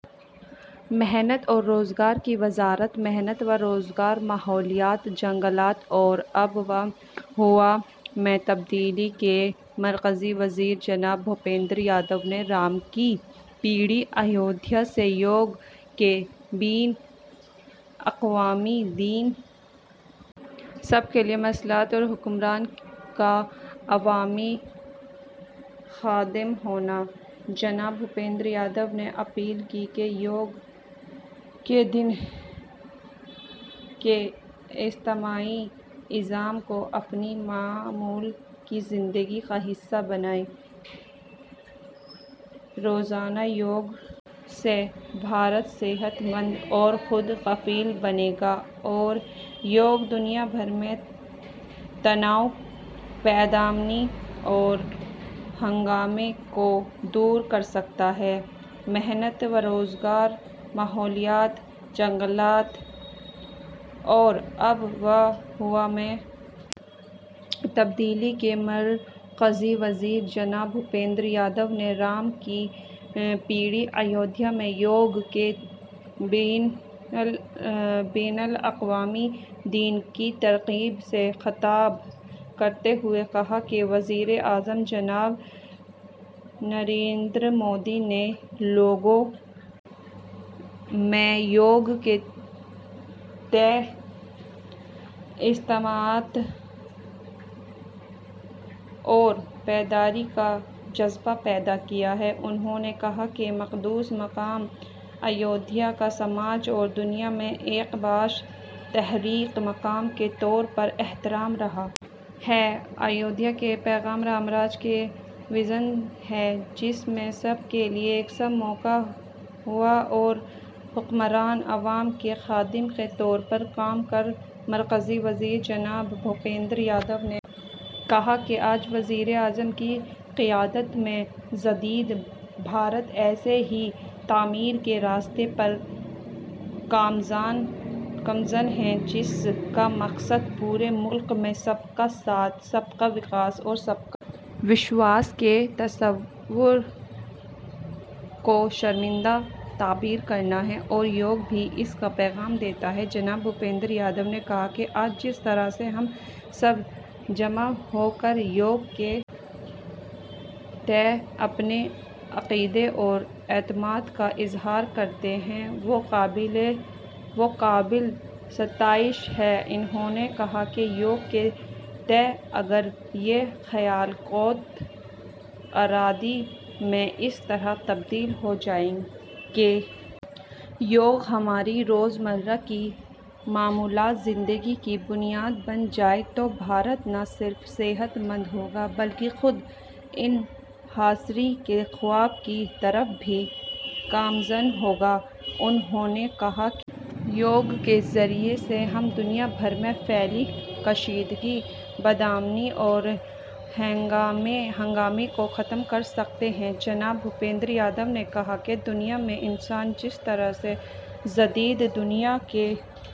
محنت اور روزگار کی وزارت محنت و روزگار ماحولیات جنگلات اور آب و ہوا میں تبدیلی کے مرکزی وزیر جناب بھوپیندر یادو نے رام کی پیڑی ایودھیا سے یوگ کے بین الاقوامی دن سب کے لیے مساوات اور حکمران کا عوامی خادم ہونا جناب بھوپیندر یادو نے اپیل کی کہ یوگ کے دن کے اجتماعی عزم کو اپنی معمول کی زندگی کا حصہ بنائیں روزانہ یوگ سے بھارت صحت مند اور خود کفیل بنے گا اور یوگ دنیا بھر میں تناؤ بدامنی اور ہنگامے کو دور کر سکتا ہے محنت و روزگار ماحولیات جنگلات اور آب و ہوا میں تبدیلی کے مرکزی وزیر جناب بھوپیندر یادو نے رام کی پیڑی ایودھیا میں یوگ کے بین الاقوامی دن کی تقریب سے خطاب کرتے ہوئے کہا کہ وزیر اعظم جناب نریندر مودی نے لوگوں میں یوگ کے تئیں اجتماعیت اور بیداری کا جذبہ پیدا کیا ہے انہوں نے کہا کہ مقدس مقام ایودھیا کا سماج اور دنیا میں ایک باعث تحریک مقام کے طور پر احترام رہا ہے ایودھیا کا پیغام رام راج کا ویژن ہے جس میں سب کے لیے یکساں مواقع ہوں اور حکمران عوام کے خادم کے طور پر کام کرے مرکزی وزیر جناب بھوپیندر یادو نے کہا کہ آج وزیر اعظم کی قیادت میں جدید بھارت ایسے ہی تعمیر کے راستے پر گامزن ہے جس کا مقصد پورے ملک میں سب کا ساتھ سب کا وکاس اور سب کا وشواس کے تصور کو شرمندہ تعبیر کرنا ہے اور یوگ بھی اسی کا پیغام دیتا ہے جناب بھوپیندر یادو نے کہا کہ آج جس طرح سے ہم سب جمع ہو کر یوگ کے تئیں اپنے عقیدے اور اعتماد کا اظہار کر رہے ہیں وہ قابل ستائش ہے انہوں نے کہا کہ یوگ کے تئیں اگر یہ خیال قوت ارادی میں اس طرح تبدیل ہو جائے کہ یوگ ہماری روزمرہ کی معمولات زندگی کی بنیاد بن جائے تو بھارت نہ صرف صحت مند ہو گا بلکہ خود انحصاری کے خواب کی طرف بھی گامزن ہو گا انہوں نے کہا کہ یوگ کے ذریعے سے ہم دنیا بھر میں پھیلی کشیدگی بدامنی اور ہنگامے کو ختم کر سکتے ہیں جناب بھوپیندر یادو نے کہا کہ دنیا میں انسان جس طرح سے جدید دنیا کے